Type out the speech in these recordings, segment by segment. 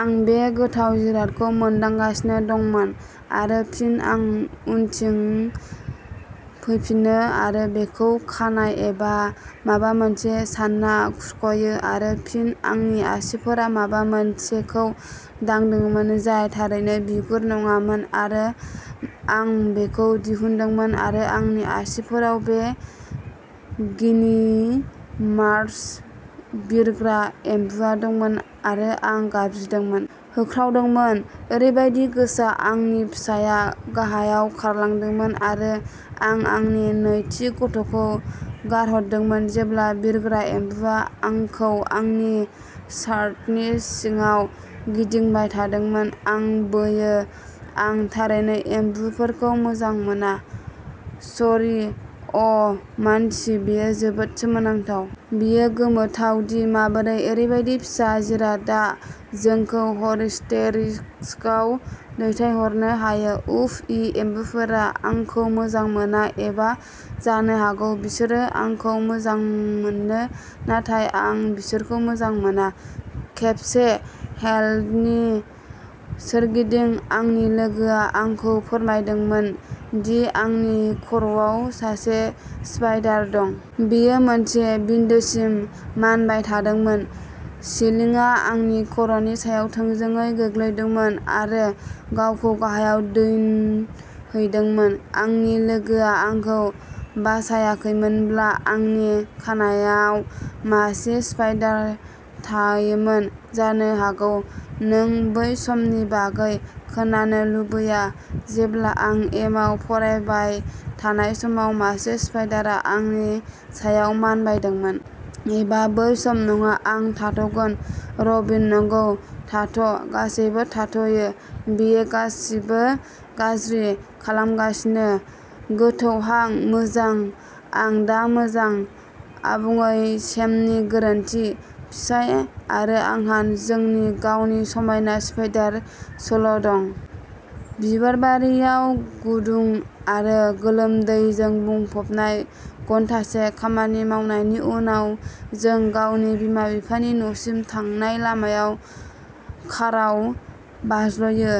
आं बे गोथाव जिरादखौ मोनदांगासिनो दंमोन आरो फिन आं उनथिं फैफिनो आरो बेखौ खानाय एबा माबा मोनसे सानना खुरख'यो आरो फिन आंनि आसिफोरा माबा मोनसेखौ दांदोंमोन जाय थारैनो बिगुर नङामोन आरो आं बेखौ दिहुनदोंमोन आरो आंनि आसिफोराव बे गिनिर्मास बिरग्रा एम्बुआ दंमोन आरो आं गाबज्रिदोंमोन। होख्रावदोंमोन! ओरैबायदि गोसा आंनि फिसाया गाहायाव खारलांदोंमोन आरो आं आंनि नैथि गथ'खौ गारहरदोंमोन, जेब्ला बिरग्रा एम्बुआ आंखौ आंनि शार्टनि सिङाव गिदिंबाय थादोंमोन। हां बोयो। आं थारैनो एम्बुफोरखौ मोजां मोना। शरी अ' मानसि, बेयो जोबोद सोमोनांथाव! बेयो गोमोथाव दि माबोरै ओरैबायदि फिसा जिरादआ जोंखौ हस्टेरिक्सआव दैथायहरनो हायो। उफ. ई! एम्बुफोरा आंखौ मोजां मोना एबा, जानो हागौ, बिसोरो आंखौ मोजां मोनो नाथाय आं बिसोरखौ मोजां मोना। खेबसे, हेलनि सोरगिदिं आंनि लोगोआ आंखौ फोरमायदोंमोन दि आंनि खर'आव सासे स्पाइडार दं। बेयो मोनसे बिन्दोसिम मानबाय थादोंमोन। सिलिंआ आंनि खर'नि सायाव थोंजोङै गोग्लैदोंमोन आरो गावखौ गाहायाव दोनहैदोंमोन। आंनि लोगोआ आंखौ बासायाखैमोनब्ला, आंनि खानाइआव मासे स्पाइडार थायोमोन। जानो हागौ नों बै समनि बागै खोनानो लुबैया जेब्ला आं एमाव फरायबाय थानाय समाव मासे स्पाइडारआ आंनि सायाव मानबायदोंमोन। एबा बै सम नङा, आं थाथ'गोन। रबिन नंगौ, थाथ '! गासैबो थाथ'यो! बेयो गासैबो गाज्रि खालामगासिनो! गोथौ हां। मोजां। आं दा मोजां। आबुङै सेमनि गोरोन्थि। फिसाय आरो आंहा जोंनि गावनि समायना स्पाइडार सल' दं। बिबारबारियाव गुदुं आरो गोलोमदैजों बुंफबनाय घन्टासे खामानि मावनायनि उनाव, जों गावनि बिमा बिफानि न'सिम थांनाय लामायाव काराव बाज्लयो।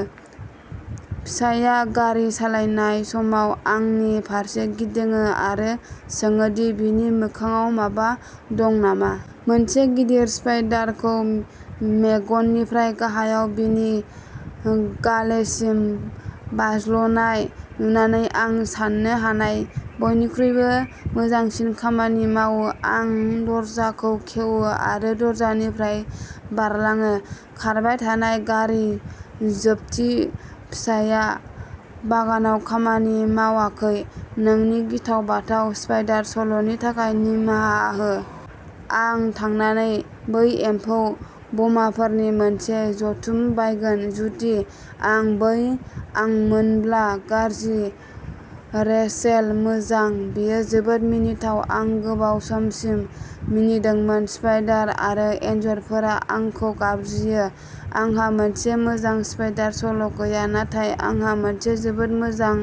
फिसायआ, गारि सालायनाय समाव, आंनि फारसे गिदिङो आरो सोङो दि बिनि मोखांआव माबा दं नामा। मोनसे गिदिर स्पाइडारखौ मेगननिफ्राय गाहायाव बिनि गालेसिम बाज्लायनाय नुनानै, आं साननो हानाय बयनिख्रुइबो मोजांसिन खामानि मावोः आं दरजाखौ खेवो आरो दरजानिफ्राय बारलाङो। खारबाय थानाय गारि। जोबथिः फिसायआ बागानाव खामानि मावाखै। नोंनि गिथाव बाथाव स्पाइडार सल'नि थाखाय निमाहा हो। आं थांनानै बै एम्फौ बमाफोरनि मोनसे जुथुम बायगोन जुदि आं बै आंमोनब्ला। गाज्रि! रेचेल मोजां, बेयो जोबोद मिनिथाव। आं गोबाव समसिम मिनिदोंमोन। स्पाइडार आरो एनजरफोरा आंखौ गाबज्रियो! आंहा मोनसे मोजां स्पाइडार सल' गैया नाथाय आंहा मोनसे जोबोद मोजां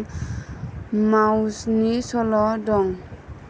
माउसनि सल' दं।